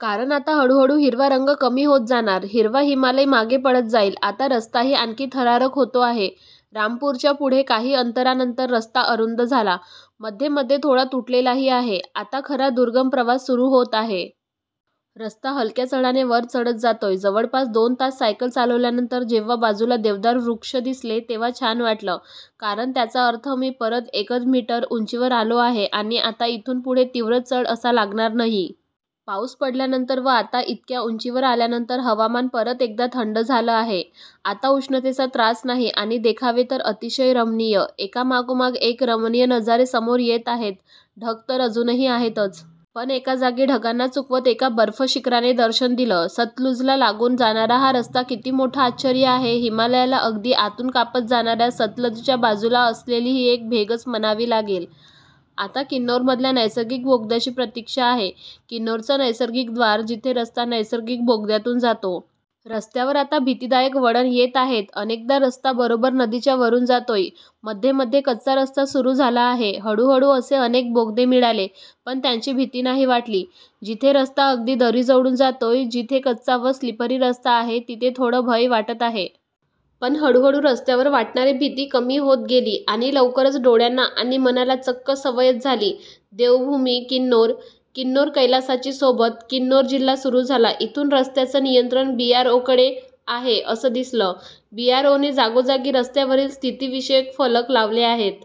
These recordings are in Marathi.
कारण आता हळूहळू हिरवा रंग कमी होत जाणार. हिरवा हिमालय मागे पडत जाईल. आता रस्ताही आणखी थरारक होतो आहे. रामपूरच्या पुढे काही अंतरानंतर रस्ता अरुंद झाला. मध्ये मध्ये थोडा तुटलेलाही आहे. आता खरा दुर्गम प्रवास सुरू होत आहे. रस्ता हलक्या चढाने वर चढत जातोय. जवळपास दोन तास सायकल चालवल्यानंतर जेव्हा बाजूला देवदार वृक्ष दिसले, तेव्हा छान वाटलं. कारण त्याचा अर्थ मी परत एकद मीटर उंचीवर आलो आहे आणि आता इथून पुढे तीव्र चढ असा लागणार नही. पाऊस पडल्यानंतर व आता इतक्या उंचीवर आल्यानंतर हवामान परत एकदा थंड झालं आहे. आता उष्णतेचा त्रास नाही. आणि देखावे तर अतिशय रमणीय. एकामागोमाग एक रमणीय नजारे समोर येत आहेत. ढग तर अजूनही आहेतच. पण एका जागी ढगांना चुकवत एका बर्फ शिखराने दर्शन दिलं. सतलुजला लागून जाणारा हा रस्ता किती मोठं आश्चर्य आहे. हिमालयाला अगदी आतून कापत जाणाऱ्या सतलजच्या बाजूला असलेली ही एक भेगच म्हणावी लागेल. आता किन्नौरमधल्या नैसर्गिक बोगद्याची प्रतीक्षा आहे, किन्नौरचं नैसर्गिक द्वार, जिथे रस्ता नैसर्गिक बोगद्यातून जातो. रस्त्यावर आता भितीदायक वळणं येत आहेत. अनेकदा रस्ता बरोबर नदीच्या वरून जातोय. मध्ये मध्ये कच्चा रस्ता सुरू झाला आहे. हळूहळू असे अनेक बोगदे मिळाले. पण त्यांची भीती नाही वाटली. जिथे रस्ता अगदी दरीजवळून जातोय, जिथे कच्चा व स्लिपरी रस्ता आहे, तिथे थोडं भय वाटत आहे. पण हळूहळू रस्त्यावर वाटणारी भीती कमी होत गेली. आणि लवकरच डोळ्यांना आणि मनाला चक्क सवयच झाली. देवभूमी किन्नौर. किन्नौर कैलासाची सोबत. किन्नौर जिल्हा सुरू झाला. इथून रस्त्याचं नियंत्रण बीआरओकडे आहे, असं दिसलं. बीआरओने जागोजागी रस्त्यावरील स्थितीविषयी फलक लावले आहेत.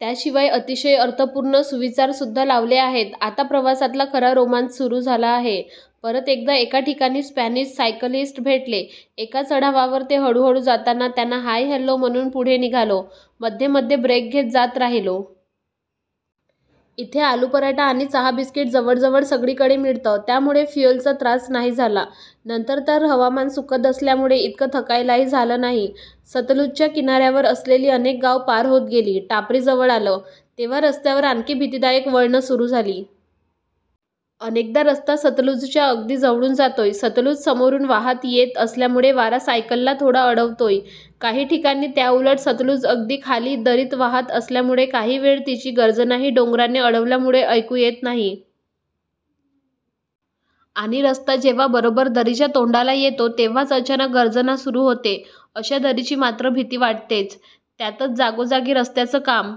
त्याशिवाय अतिशय अर्थपूर्ण सुविचारसुद्धा लावले आहेत. आता प्रवासातला खरा रोमांच सुरू झाला आहे. परत एकदा एका ठिकाणी स्पॅनिश सायकलिस्ट भेटले. एका चढावावर ते हळूहळू जाताना त्यांना हाय हॅलो म्हणून पुढे निघालो. मध्ये मध्ये ब्रेक घेत जात राहिलो. इथे आलू पराठा आणि चहा बिस्किट जवळजवळ सगळीकडे मिळतं. त्यामुळे फ्युएलचा त्रास नाही झाला. नंतर तर हवामान सुखद असल्यामुळे इतकं थकायलाही झालं नाही. सतलुजच्या किनाऱ्यावर असलेली अनेक गावं पार होत गेली. टापरी जवळ आलं, तेव्हा रस्त्यावर आणखी भीतीदायक वळणं सुरू झाली. अनेकदा रस्ता सतलुजच्या अगदी जवळून जातोय. सतलुज समोरून वाहात येत असल्यामुळे वारा सायकलला थोडा अडवतोय. काही ठिकाणी त्याउलट सतलुज अगदी खाली दरीत वाहात असल्यामुळे काही वेळ तिची गर्जनाही डोंगराने अडवल्यामुळे ऐकू येत नाही. आणि रस्ता जेव्हा बरोबर दरीच्या तोंडाला येतो, तेव्हाच अचानक गर्जना सुरू होते. अशा दरीची मात्र भीती वाटतेच. त्यातच जागोजागी रस्त्याचं काम